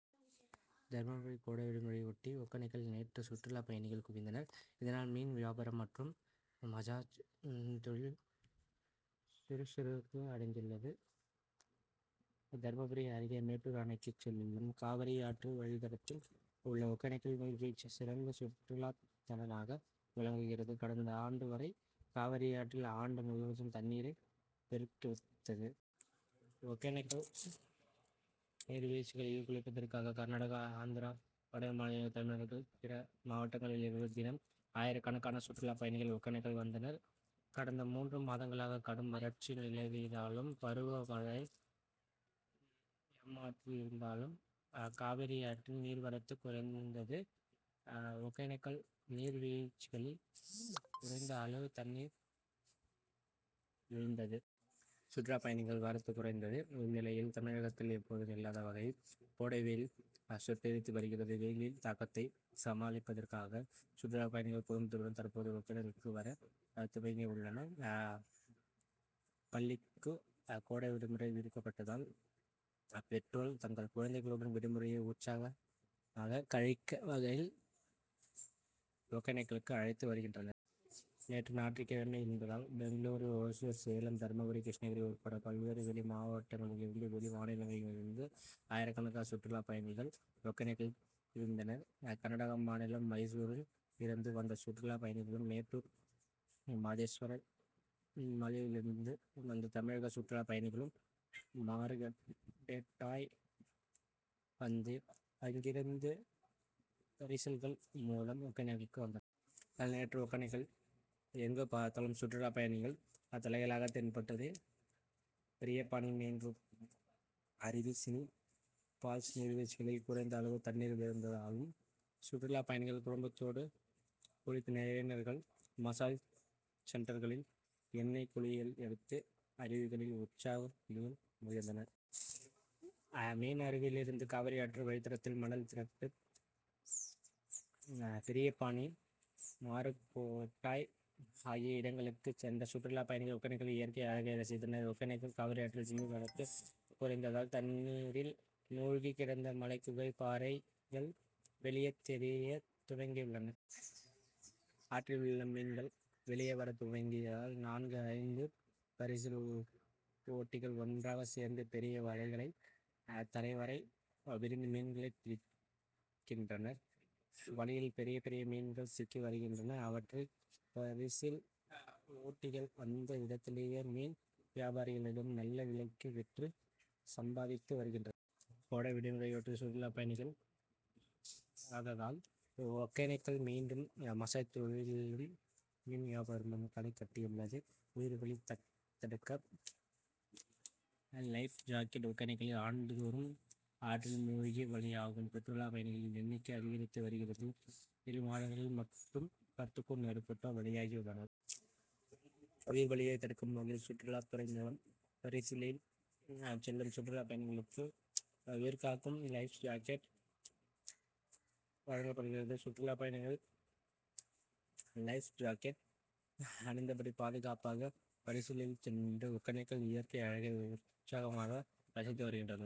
தர்மபுரி கோடை விடுமுறையையொட்டி ஒகேனக்கலில் நேற்று சுற்றுலா பயணிகள் குவிந்தனர். இதனால் மீன் வியாபாரம் மற்றும் மசாஜ் தொழில் சுறுசுறுப்பு அடைந்துள்ளது. தர்மபுரி அருகே மேட்டூர் அணைக்கு செல்லும் காவிரியாற்று வழித்தடத்தில் உள்ள ஒகேனக்கல் நீர் வீழ்ச்சி சிறந்த சுற்றுலாத் தலமாக விளங்குகிறது. கடந்த ஆண்டு வரை காவிரியாற்றில் ஆண்டு முழுவதும் தண்ணீரை பெருக்கெடுத்தது. ஒகேனக்கல் நீர் வீழ்ச்சிகளில் குளிப்பதற்காக கர்நாடகா ஆந்திரா வடமாநிலங்கள் தமிழகத்தின் பிற மாவட்டங்களிலிருந்து தினம் ஆயிரக்கணக்கான சுற்றுலா பயணிகள் ஒகேனக்கல் வந்தனர். கடந்த மூன்று மாதங்களாக கடும் வறட்சி நிலவியதாலும் பருவ மழை ஏமாற்றி இருந்தாலும் காவிரியாற்றில் நீர்வரத்து குறைந்தது. ஒகேனக்கல் நீர் வீழ்ச்சிகளில் குறைந்த அளவு தண்ணீர் விழுந்தது. சுற்றுலா பயணிகள் வரத்து குறைந்தது. இந்நிலையில் தமிழகத்தில் எப்போதும் இல்லாத வகையில் கோடை வெயில் சுட்டெரித்து வருகிறது. வெயிலின் தாக்கத்தை சமாளிப்பதற்காக சுற்றுலா பயணிகள் குடும்பத்துடன் தற்போது ஒகேனக்கலுக்கு வரத் துவங்கியுள்ளனர். பள்ளிக்கு கோடை விடுமுறை விடுப்பபட்டதால் பெற்றோர் தங்கள் குழந்தைகளுடன் விடுமுறையை உற்சாகமாக கழிக்க வகையில் ஒகேனக்கலுக்கு அழைத்து வருகின்றனர். நேற்று ஞாயிற்றுக் கிழமை என்பதால் பெங்களூரு ஓசூர் சேலம் தர்மபுரி கிருஷ்ணகிரி உட்பட பல்வேறு வெளி மாவட்டங்களிலிருந்து வெளி மாநிலங்களில் இருந்து ஆயிரக்கணக்கான சுற்றுலா பயணிகள் ஒகேனக்கலில் குவிந்தனர். கர்நாடக மாநிலம் மைசூரில் இருந்து வந்த சுற்றுலா பயணிகளும் மேட்டூர் மாதேஸ்வரன் மலையில் இருந்து வந்த தமிழக சுற்றுலா பயணிகளும் மாருகெட்டாய் வந்து அங்கிருந்து பரிசல்கள் மூலம் ஒகேனக்கலுக்கு வந்தன. இதனால் நேற்று ஒகேனக்கல் எங்கு பார்த்தாலும் சுற்றுலா பயணிகள் தலைகளாக தென்பட்டது. பெரியபாணி மெயின் அருவி சினி பால்ஸ் நீர்வீழ்ச்சிகளில் குறைந்த அளவு தண்ணீர் விழுந்ததாலும் சுற்றுலா பயணிகள் குடும்பத்தோடு குளித்தனர். இளைஞர்கள் மசாஜ் சென்டர்களில் எண்ணெய் குளியல் எடுத்து அருவிகளில் உற்சாகமாக மகிழ்ந்தனர். மெயின் அருவியில் இருந்து காவிரியாற்று வழித்தடத்தில் மணல் திட்டு பெரியபாணி மாருகொட்டாய் ஆகிய இடங்களுக்கு சென்ற சுற்றுலா பயணிகள் ஒகேனக்கல் இயற்கை அழகை ரசித்தனர். ஒகேனக்கல் காவிரியாற்றில் நீர் வரத்து குறைந்ததால் தண்ணீரில் மூழ்கி கிடந்த மலை குகை பாறைகள் வெளியே தெரிய துவங்கி உள்ளன. ஆற்றில் உள்ள மீன்கள் வெளியே வர துவங்கியதால் நான்கு ஐந்து பரிசல் ஓட்டிகள் ஒன்றாக சேர்ந்து பெரிய வலைகளை தரை வரை விரிந்து மீன்களை பிடிக்கின்றனர். வலையில் பெரிய பெரிய மீன்கள் சிக்கி வருகின்றன. அவற்றை பரிசில் ஓட்டிகள் அந்த இடத்திலேயே மீன் வியாபாரிகளிடம் நல்ல விலைக்கு விற்று சம்பாதித்து வருகின்ற. கோடைவிடுமுறையொட்டி சுற்றுலா பயணிகள் வரததால் ஒகேனக்கலில் மீண்டும் மசாஜ் தொழிலும் மீன் வியாபாரமும் களை கட்டியுள்ளது. உயிர் பலி தடுக்க லைப் ஜாக்கெட் ஒகேனக்கலில் ஆண்டுதோறும் ஆற்றில் மூழ்கி பலியாகும் சுற்றுலா பயணிகள் எண்ணிக்கை அதிகரித்து வருகிறது. இரு மாதங்களில் மட்டும் பத்துக்கும் மேற்பட்டோர் பலியாகி உள்ளனர். உயிர் பலியை தடுக்கும் வகையில் சுற்றுலா துறை மூலம் பரிசலில் செல்லும் சுற்றுலா பயணிகளுக்கு உயிர்காக்கும் லைப்ஜாக்கெட் வழங்கப்படுகிறது. சுற்றுலா பயணிகள் லைப் ஜாக்கெட் அணிந்தபடி பாதுகாப்பாக பரிசலில் சென்று ஒகேனக்கல் இயற்கை அழகை உற்சாகமாக ரசித்து வருகின்றனர்.